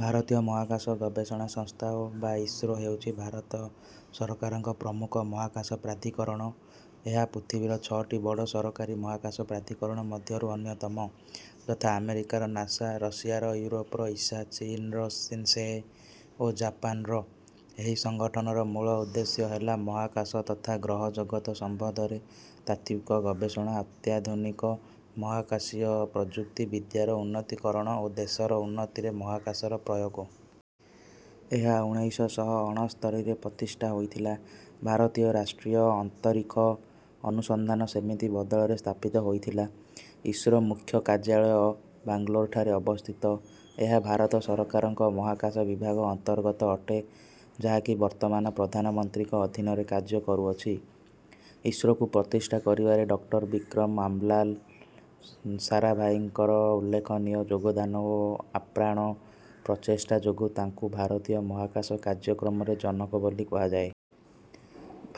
ଭାରତୀୟ ମହାକାଶ ଗବେଷଣା ସଂସ୍ଥା ବା ଇସ୍ରୋ ହେଉଛି ଭାରତ ସରକାରଙ୍କ ପ୍ରମୁଖ ମହାକାଶ ପ୍ରାଧିକରଣ। ଏହା ପୃଥିବୀର ଛଅଟି ବଡ ସରକାରୀ ମହାକାଶ ପ୍ରାଧିକରଣ ମଧ୍ୟରୁ ଅନ୍ୟତମ ଯଥା ଆମେରିକାର ନାସା ଋଷିଆର ଇଉରୋପର ଇସା ଚୀନର ସିନସଏ ଓ ଜାପାନର। ଏହି ସଂଗଠନର ମୂଳ ଉଦ୍ଦେଶ୍ୟ ହେଲା ମହାକାଶ ତଥା ଗ୍ରହଜଗତ ସମ୍ବନ୍ଧରେ ତାତ୍ତ୍ୱିକ ଗବେଷଣା ଅତ୍ୟାଧୁନିକ ମହାକାଶୀୟ ପ୍ରଯୁକ୍ତି ବିଦ୍ୟାର ଉନ୍ନତିକରଣ ଓ ଦେଶର ଉନ୍ନତିରେ ମହାକାଶର ପ୍ରୟୋଗ। ଏହା ଉଣେଇଶ ଶହ ଅଣସ୍ତରୀରେ ପ୍ରତିଷ୍ଠା ହୋଇଥିଲା। ଭାରତୀୟ ରାଷ୍ଟ୍ରୀୟ ଅନ୍ତରୀକ୍ଷ ଅନୁସନ୍ଧାନ ସମିତି ବଦଳରେ ସ୍ଥାପିତ ହୋଇଥିଲା। ଇସ୍ରୋ ମୁଖ୍ୟ କାର୍ଯାଳୟ ବାଙ୍ଗାଲୋରଠାରେ ଅବସ୍ଥିତ। ଏହା ଭାରତ ସରକାରଙ୍କ ମହାକାଶ ବିଭାଗ ଅନ୍ତର୍ଗତ ଅଟେ ଯାହାକି ବର୍ତମାନ ପ୍ରଧାନମନ୍ତ୍ରୀଙ୍କ ଅଧୀନରେ କାର୍ଯ୍ୟ କରୁଅଛି। ଇସ୍ରୋକୁ ପ୍ରତିଷ୍ଠା କରିବାରେ ଡକ୍ଟର ବିକ୍ରମ ଅମ୍ବାଲାଲ୍ ସରାଭାଇଙ୍କର ଉଲ୍ଲେଖନୀୟ ଯୋଗଦାନ ଓ ଆପ୍ରାଣ ପ୍ରଚେଷ୍ଟା ଯୋଁଗୁ ତାଙ୍କୁ ଭାରତୀୟ ମହାକାଶ କାର୍ଯ୍ୟକ୍ରମର ଜନକ ବୋଲି କୁହାଯାଏ।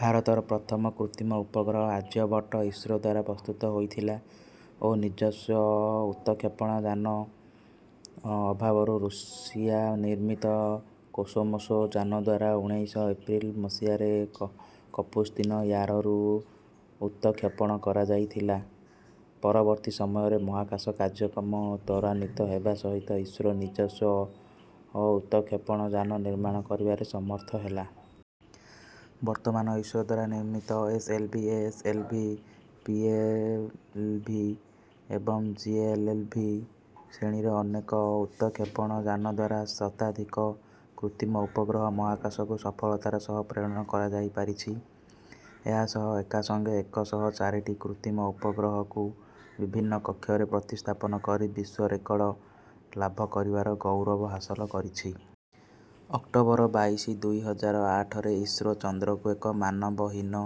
ଭାରତର ପ୍ରଥମ କୃତ୍ରିମ ଉପଗ୍ରହ ଆର୍ଯ୍ୟଭଟ୍ଟ ଇସ୍ରୋଦ୍ୱାରା ପ୍ରସ୍ତୁତ ହୋଇଥିଲା ଓ ନିଜସ୍ୱ ଉତକ୍ଷେପଣଯାନ ଅଭାବରୁ ରୁଷିଆ ନିର୍ମିତ କୋସମୋସ ଯାନଦ୍ୱାରା ଉଣେଇଶ ଏପ୍ରିଲ ମସିହାରେ କପୁସ୍ତିନ ୟାରରୁ ଉତକ୍ଷେପଣ କରଯାଇଥିଲା। ପରବର୍ତ୍ତୀ ସମୟରେ ମହାକାଶ କାର୍ଯ୍ୟକ୍ରମ ତ୍ୱରାନ୍ୱିତ ହେବା ସହିତ ଇସ୍ରୋ ନିଜସ୍ୱ ଉତକ୍ଷେପଣଯାନ ନିର୍ମାଣ କାରିବାରେ ସମର୍ଥହେଲା। ବର୍ତ୍ତମାନ ଇସ୍ରୋଦ୍ୱାରା ନିର୍ମିତ ଏସଏଲଭିଏଏସଏଲଭି, ପିଏଏଲଭି ଏବଂ ଜିଏଏଲଭି ଶ୍ରେଣୀର ଅନେକ ଉତକ୍ଷେପଣଯାନଦ୍ୱାରା ଶତାଧିକ କୃତ୍ରିମ ଉପଗ୍ରହ ମହାକାଶକୁ ସଫଳତାର ସହ ପ୍ରେରଣ କରାଯାଇପାରିଛି। ଏହାସହ ଏକାସଙ୍ଗେ ଏକ ଶହ ଚାରିଟି କୃତ୍ରିମ ଉପଗ୍ରହକୁ ବିଭିନ୍ନ କକ୍ଷରେ ପ୍ରତିସ୍ଥାପନ କରି ବିଶ୍ୱରେକର୍ଡ ଲାଭକାରିବାର ଗୌରବହାସଲ କରିଛି। ଅକ୍ଟୋବର ବାଇଶ ଦୁଇ ହଜାର ଆଠରେ ଇସ୍ରୋ ଚନ୍ଦ୍ରକୁ ଏକ ମାନବହୀନ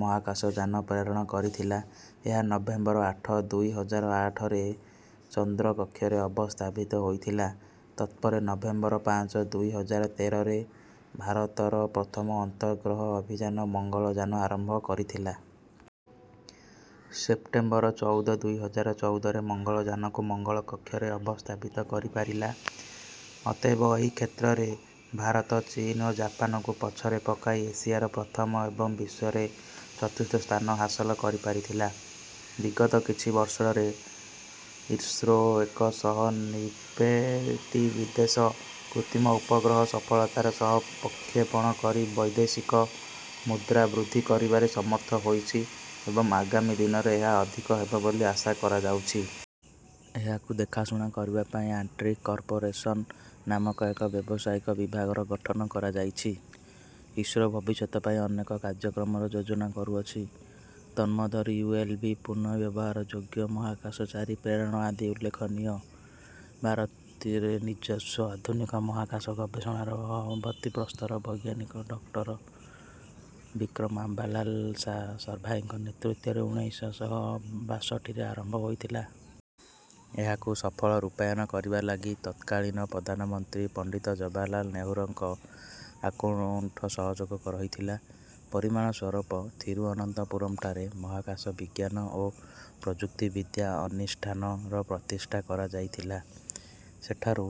ମହାକାଶଯାନ ପ୍ରେରଣ କରିଥିଲା। ଏହା ନଭେମ୍ବର ଆଠ ଦୁଇ ହଜାର ଆଠରେ ଚନ୍ଦ୍ର କକ୍ଷରେ ଅବସ୍ଥାବିତ ହୋଇଥିଲା। ତତ୍ପରେ ନଭେମ୍ବର ପାଞ୍ଚ ଦୁଇ ହଜାର ତେରରେ ଭାରତର ପ୍ରଥମ ଅର୍ନ୍ତଗ୍ରହ ଅଭିଯାନ ମଙ୍ଗଳଯାନ ଆରମ୍ଭ କରିଥିଲା। ସେପ୍ଟେମ୍ବର ଚଉଦ ଦୁଇ ହଜାର ଚଉଦରେ ମଙ୍ଗଳଯାନକୁ ମଙ୍ଗଳ କକ୍ଷରେ ଅବସ୍ଥାବିତ କରିପାରିଲା। ଅତଏବ ଏହିକ୍ଷେତ୍ରରେ ଭାରତ ଚୀନ୍ ଓ ଜାପାନକୁ ପଛରେ ପକାଇ ଏସିଆରେ ପ୍ରଥମ ଏବଂ ବିଶ୍ୱରେ ଚତୁର୍ଥ ସ୍ଥାନ ହାସଲ କାରିପାରିଥିଲା। ବିଗତ କିଛି ବର୍ଷରେ ଇସ୍ରୋ ଏକ ଶହ ନବେଟି ବିଦେଶ କୃତ୍ରିମ ଉପଗ୍ରହ ସଫଳତାର ସହ ପ୍ରକ୍ଷେପଣ କରି ବୈଦେଶିକ ମୁଦ୍ରା ବୃଦ୍ଧି କରିବାରେ ସମର୍ଥ ହୋଇଛି ଏବଂ ଆଗାମୀ ଦିନରେ ଏହା ଅଧିକ ହେବ ବୋଲି ଆଶା କରାଯାଉଛି। ଏହାକୁ ଦେଖାଶୁଣା କରିବା ପାଇଁ ଆଣ୍ଟ୍ରିକ୍ଷ୍ କର୍ପୋରେଶନ ନାମକ ଏକ ବ୍ୟବସାୟିକ ବିଭାଗର ଗଠନ କରାଯାଇଛି। ଇସ୍ରୋ ଭବିଷ୍ୟତ ପାଇଁ ଅନେକ କାର୍ଯ୍ୟକ୍ରମର ଯୋଜନା କରୁଅଛି। ତନ୍ନମଧ୍ୟରୁ ୟୁଏଲଭି ପୁନ୍ନଃବ୍ୟବହାରଯ୍ୟୋଗ୍ୟ ମହାକାଶଚାରୀ ପ୍ରେରଣ ଆଦି ଉଲ୍ଲେଖନୀୟ। ଭାରତରେ ନିଜସ୍ୱ ଆଧୁନିକ ମହାକାଶ ଗବେଷଣାର ଭତ୍ତିପ୍ରସ୍ତର ବୈଜ୍ଞାନିକ ଡକ୍ଟର ବିକ୍ରମ ଅମ୍ବାଲାଲ୍ ସରାଭାଇଙ୍କ ନେତୃତ୍ୱରେ ଉଣେଇଶ ଶହ ବାଷଠିରେ ଆରମ୍ବ ହୋଇଥିଲା। ଏହାକୁ ସଫଳ ରୂପାୟନ କରିବାଲାଗି ତତ୍କାଳିନ ପ୍ରଧାନମନ୍ତ୍ରୀ ପଣ୍ଡିତ ଜବାହାରଲାଲ୍ ନେହେରୁଙ୍କ ଆକୁଣ୍ଠ ସହଯୋଗ ରହିଥିଲା। ପରିମାଣ ସ୍ୱରୁପ ଥିରୁଅନନ୍ତପୁରମ୍ ଠାରେ ମହାକାଶ ବିଜ୍ଞାନ ଓ ପ୍ରଯୁକ୍ତିବିଦ୍ୟା ଅନିଷ୍ଠାନ ର ପ୍ରତିଷ୍ଠା କରାଯାଇଥିଲା। ସେଠାରୁ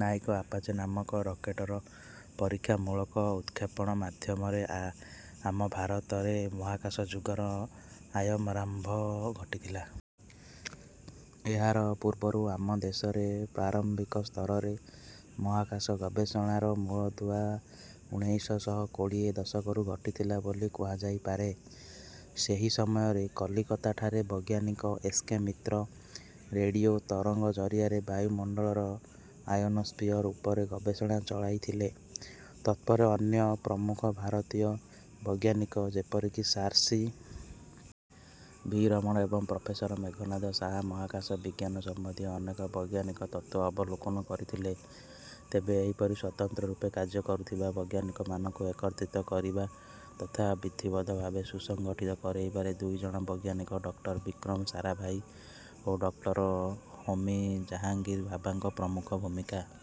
ନାଇକ ଆପାଚେ ନାମକ ରକେଟର ପରୀକ୍ଷାମୂଳକ ଉତକ୍ଷେପଣ ମାଧ୍ୟମରେ ଆମ ଭାରତରେ ମହାକାଶ ଯୁଗର ଆୟମାରମ୍ବ ଘଟିଥିଲା। ଏହାର ପୂର୍ବରୁ ଆମ ଦେଶରେ ପ୍ରାରମ୍ଭିକ ସ୍ତରରେ ମହାକାଶ ଗବେଷଣାର ମୂଳଦୁଆ ଉଣେଇଶ ଶହ କୋଡ଼ିଏ ଦଶକରୁ ଘଟିଥିଲା ବୋଲି କୁହାଯାଇପାରେ। ସେହି ସମୟରେ କଲିକତାଠାରେ ବୈଜ୍ଞାନିକ ଏସ. କେ. ମିତ୍ର ରେଡିଓ ତରଙ୍ଗ ଜରିଆରେ ବାୟୁମଣ୍ଡଳର ଆୟୋନୋସ୍ଫିୟର ଉପରେ ଗବେଷଣା ଚଳାଇଥିଲେ। ତତ୍ପରେ ଅନ୍ୟ ପ୍ରମୁଖ ଭାରତୀୟ ବୈଜ୍ଞାନିକ ଯେପରିକି ସାର୍ ସି. ଭି. ରମଣ ଏବଂ ପ୍ରଫେସର ମେଘନାଦ ଶାହା ମହାକାଶ ବିଜ୍ଞାନ ସମ୍ବନ୍ଧୀୟ ଅନେକ ବୈଜ୍ଞାନିକ ତତ୍ତ୍ୱ ଅବଲୋକନ କରିଥିଲେ। ତେବେ ଏହିପରି ସ୍ୱତନ୍ତ୍ର ରୂପେ କାର୍ଯକରୁଥିବା ବୈଜ୍ଞାନିକମାନଙ୍କୁ ଏକତ୍ରିତ କରିବା ତଥା ବିଧିବଦ୍ଧ ଭାବେ ସୁସଙ୍ଗଠିତ କରେଇବାରେ ଦୁଇ ଜଣ ବୈଜ୍ଞାନିକ ଡକ୍ଟର ବିକ୍ରମ ସାରାଭାଇ ଓ ଡକ୍ଟର ହୋମି ଜାହାଙ୍ଗୀର ଭାବାଙ୍କ ପ୍ରମୁଖ ଭୁମିକା